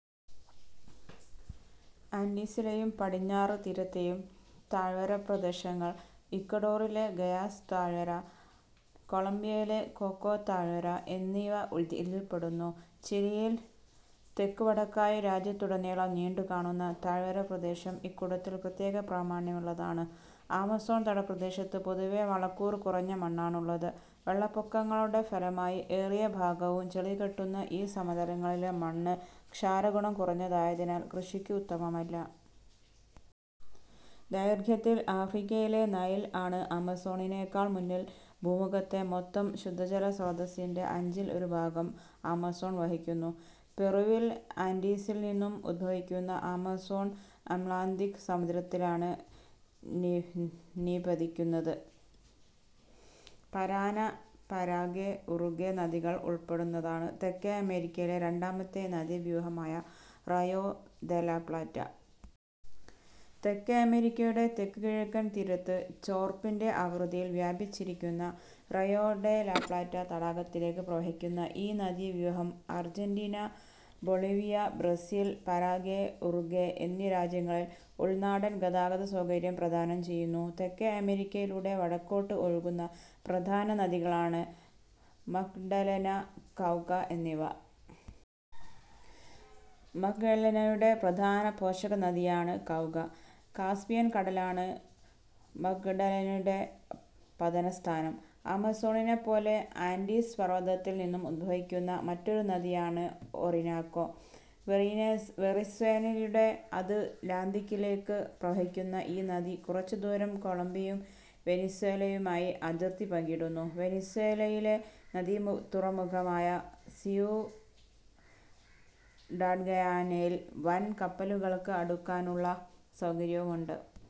ആൻഡീസിലെയും പടിഞ്ഞാറ് തീരത്തെയും താഴ്വരപ്രദേശങ്ങൾ, ഇക്വഡോറിലെ ഗയാസ് താഴ്വര, കൊളംബിയയിലെ കൊക്കോ താഴ്വര എന്നിവ ഇതിൽപ്പെടുന്നു. ചിലിയിൽ തെക്ക് വടക്കായി രാജ്യത്തുടനീളം നീണ്ടുകാണുന്ന താഴ്വരപ്രദേശം ഇക്കൂട്ടത്തിൽ പ്രത്യേക പ്രാമാണ്യമുള്ളതാണ്. ആമസോൺ തടപ്രദേശത്ത് പൊതുവേ വളക്കൂറു കുറഞ്ഞ മണ്ണാണുള്ളത്. വെള്ളപ്പൊക്കങ്ങളുടെ ഫലമായി ഏറിയ ഭാഗവും ചെളികെട്ടുന്ന ഈ സമതലങ്ങളിലെ മണ്ണ് ക്ഷാരഗുണം കുറഞ്ഞതായതിനാൽ കൃഷിക്ക് ഉത്തമമല്ല. ദൈർഘ്യത്തിൽ ആഫ്രിക്കയിലെ നൈൽ ആണ് ആമസോണിനെക്കാൾ മുന്നിൽ. ഭൂമുഖത്തെ മൊത്തം ശുദ്ധജലസ്രോതസ്സിന്റെ അഞ്ചിൽ ഒരുഭാഗം ആമസോൺ വഹിക്കുന്നു. പെറുവിൽ ആൻഡീസിൽ നിന്നും ഉദ്ഭവിക്കുന്ന ആമസോൺ അത്ലാന്തിക് സമുദ്രത്തിലാണ് നിപതിക്കുന്നത്. പരാന, പരാഗ്വേ, ഉറുഗ്വേ നദികൾ ഉൾപ്പെടുന്നതാണ് തെക്കേ അമേരിക്കയിലെ രണ്ടാമത്തെ നദീവ്യൂഹമായ റയോ ദെ ലാപ്ലാറ്റ. തെക്കേ അമേരിക്കയുടെ തെക്ക് കിഴക്കൻ തീരത്ത് ചോർപ്പിന്റെ ആകൃതിയിൽ വ്യാപിച്ചിരിക്കുന്ന റെയോ ദെ ലാപ്ലാറ്റ തടാകത്തിലേക്ക് പ്രവഹിക്കുന്ന ഈ നദീവ്യൂഹം Argentina, Bolivia, Brazil, Paraguay, Uruguay എന്നീ രാജ്യങ്ങളിൽ ഉൾനാടൻ ഗതാഗത സൗകര്യം പ്രദാനം ചെയ്യുന്നു. തെക്കേ അമേരിക്കയിലൂടെ വടക്കോട്ട് ഒഴുകുന്ന പ്രധാന നദികളാണ് മഗ്ഡലെന, കൗക എന്നിവ. മഗ്ഡലെനയുടെ പ്രധാനപോഷക നദിയാണ് കൗക. കാസ്പിയൻ കടലാണ് മഗ്ഡലെനയുടെ പതനസ്ഥാനം. ആമസോണിനെപ്പോലെ ആൻഡീസ് പർവതത്തിൽ നിന്നും ഉദ്ഭവിക്കുന്ന മറ്റൊരു നദിയാണ് ഓറിനാക്കോ. വെനിസ്വേലയിലൂടെ അത് ലാന്തിക്കിലേക്ക് പ്രവഹിക്കുന്ന ഈ നദി കുറച്ചുദൂരം കൊളംബിയും വെനിസ്വേലയുമായി അതിർത്തി പങ്കിടുന്നു. വെനിസ്വേലയിലെ നദീമുഖതുറമുഖമായ സിയുഡാഡ്ഗയാനയിൽ വൻ കപ്പലുകൾക്ക് അടുക്കുവാനുള്ള സൗകര്യമുണ്ട്.